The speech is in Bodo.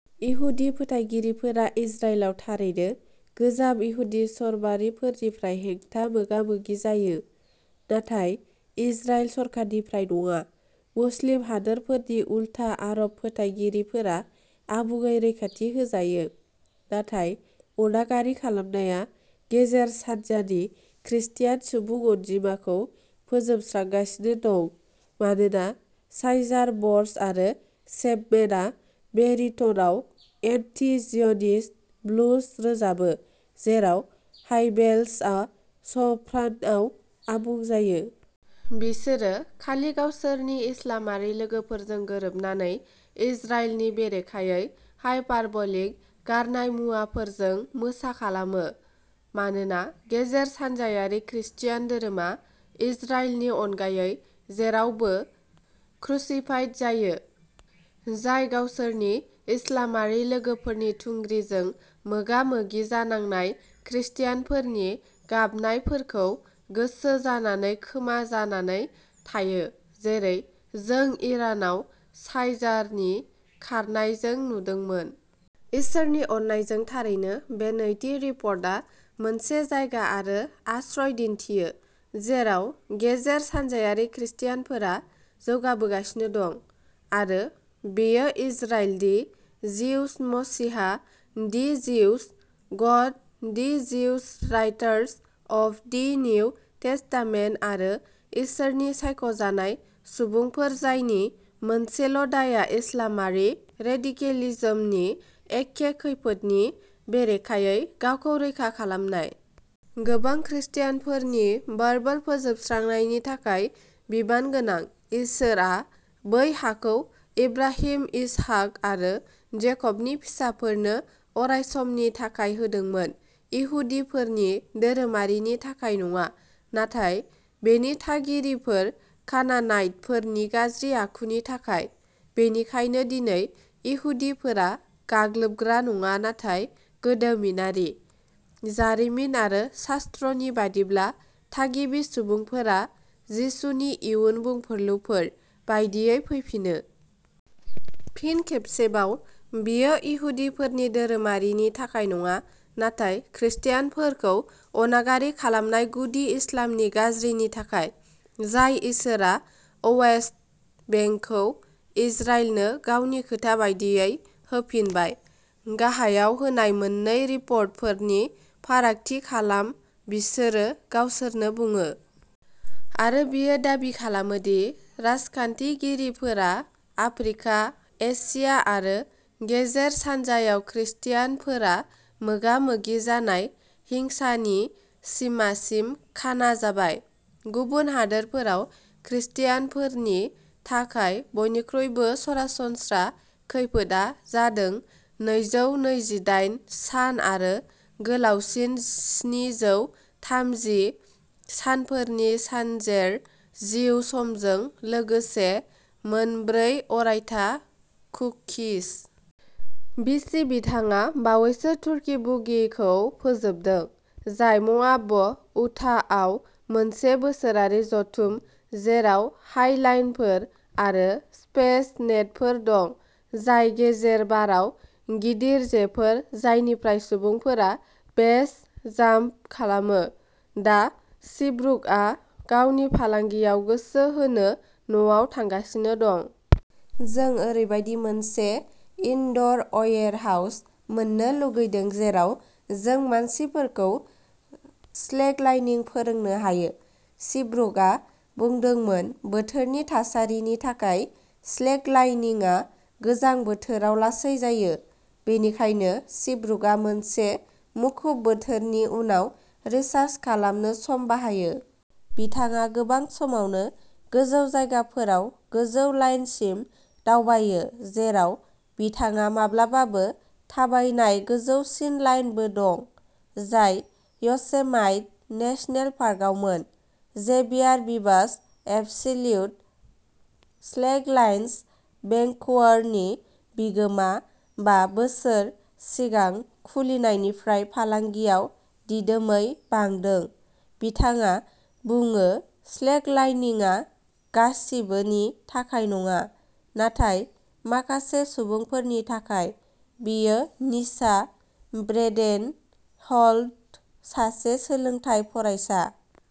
इहुदि फोथायगिरिफोरा इजराइलाव थारैनो गोजाम इहुदि चरमारिफोरनिफ्राय हेंथा मोगा-मोगि जायो, नाथाय इजराइल सरखारनिफ्राय नङा। मुस्लिम हादरफोरनि उलथा, आरब फोथायगिरिफोरा आबुङै रैखाथि होजायो। नाथाय अनागारि खालामनाया गेजेर सानजानि ख्रिस्टियान सुबुं अनजिमाखौ फोजोबस्रांगासिनो दं मानोना साइजार, बर्ज आरो चेपमेनआ बेरिट'नआव एन्टि-जिय'निस्ट ब्लुज रोजाबो, जेराव हाइबेल्सआ सप्रानआव आबुं जायो। बिसोरो खालि गावसोरनि इस्लामारि लोगोफोरजों गोरोबनानै इजराइलनि बेरेखायै हायपारबलिक गारनाय मुवाफोरजों मोसाखालामो, मानोना गेजेर सानजायारि ख्रिस्टियान धोरोमा इजराइलनि अनगायै जेरावबो क्रुसिफाइड जायो, जाय गावसोरनि इस्लामारि लोगोफोरनि थुंग्रिजों मोगा-मोगि जानांनाय ख्रिस्टियानफोरनि गाबनायफोरखौ गोसो जानानै खोमा जानानै थायो, जेरै जों इरानाव साइजारनि खारनायजों नुदोंमोन। इसोरनि अननायजों, थारैनो बे नैथि रिपर्टआ मोनसे जायगा आरो आश्रय दिन्थियो जेराव गेजेर सानजायारि ख्रिस्टियानफोरा जौगाबोगासिनो दं, आरो बेयो इजराइल-दि जिउस मसिहा, दि जिउस गड, the Jews writers of the New Testament, आरो इसोरनि सायख'जानाय सुबुंफोर जायनि मोनसेल' दायआ इस्लामारि रेडिकेलिजमनि एखे खैफोदनि बेरेखायै गावखौ रैखा खालामनाय। गोबां ख्रिस्टियानफोरनि बर्बर फोजोबस्रांनायनि थाखाय बिबान गोनां। इसोरआ बै हाखौ इब्राहिम, इसहाक आरो जेकबनि फिसाफोरनो अरायसमनि थाखाय होदोंमोन इहुदिफोरनि धोरोमारिनि थाखाय नङा नाथाय बेनि थागिरिफोर कानानाइटफोरनि गाज्रि आखुनि थाखाय। बेनिखायनो दिनै, इहुदिफोरा गाग्लोबग्रा नङा नाथाय गोदोमिनारि, जारिमिन आरो शास्त्रनि बायदिब्ला थागिबि सुबुंफोरा जिसुनि इयुन बुंफुरलुफोर बायदियै फैफिनो। फिन खेबसेबाव, बेयो इहुदिफोरनि धोरोमारिनि थाखाय नङा नाथाय ख्रिस्टियानफोरखौ अनागारि खालामनाय गुदि इस्लामनि गाज्रिनि थाखाय, जाय इसोरआ अवेस्ट बेंकखौ इजराइलनो गावनि खोथा बायदियै होफिनबाय। गाहायाव होनाय मोननै रिपर्टफोरनि फारागथि खालाम बिसोरो गावसोरनो बुङो। आरो बियो दाबि खालामोदि राजखान्थिगिरिफोरा आफ्रिका, एसिया आरो गेजेर सानजायावख्रिस्टियानफोरा मोगा-मोगि जानाय हिंसानि सिमासिम "खाना" जाबाय। गुबुन हादोरफोराव ख्रिस्टियानफोरनि थाखाय बयनिख्रुइबो सरासनस्रा खैफोदआ जादों नैजौ नैजिदाइन सान आरो गोलावसिन स्निजौ थामजि सानफोरनि सानजेर जिउ समजों लोगोसे मोन ब्रै अरायथा कुकिस। बि. सि. बिथाङा बावैसो "तुर्की बुगी" खौ फोजोबदों, जाय म'आब', उटाहआव मोनसे बोसोरारि जथुम, जेराव हाइलाइनफोर आरो स्पेस नेटफोर दं, जाय गेजेर बाराव गिदिर जेफोर जायनिफ्राय सुबुंफोरा बेस जाम्प खालामो। दा, सिब्रुकआ गावनि फालांगियाव गोसो होनो न'आव थांगासिनो दं। जों ओरैबायदि मोनसे इनड'र अयेरहाउस मोननो लुगैदों जेराव जों मानसिफोरखौ स्लेकलाइनिं फोरोंनो हायो सिब्रुकआ बुंदोंमोन। बोथोरनि थासारिनि थाखाय स्लेकलाइनिंआ गोजां बोथोराव लासै जायो, बेनिखायनो सिब्रुकआ मोनसे मुखुब बोथोरनि उनाव रिचार्ज खालामनो सम बाहायो। बिथाङा गोबां समावनो गोजौ जायगाफोराव गोजौ लाइनसिम दावबायो, जेराव बिथाङा माब्लाबाबो थाबायनाय गोजौसिन लाइनबो दं, जाय य'सेमाइट नेसनेल पार्कआवमोन। जेभियार भिभास, एबसुलुट स्लेकलाइन्स भेंकुवरनि बिगोमा, बा बोसोर सिगां खुलिनायनिफ्राय फालांगियाव दिदोमै बांदों। बिथाङा बुङो स्लेकलाइनिंआ गासिबोनि थाखाय नङा, नाथाय माखासे सुबुंफोरनि थाखाय, बियो निसा। ब्रेडेन हल्ट, सासे सोलोंथाय फरायसा।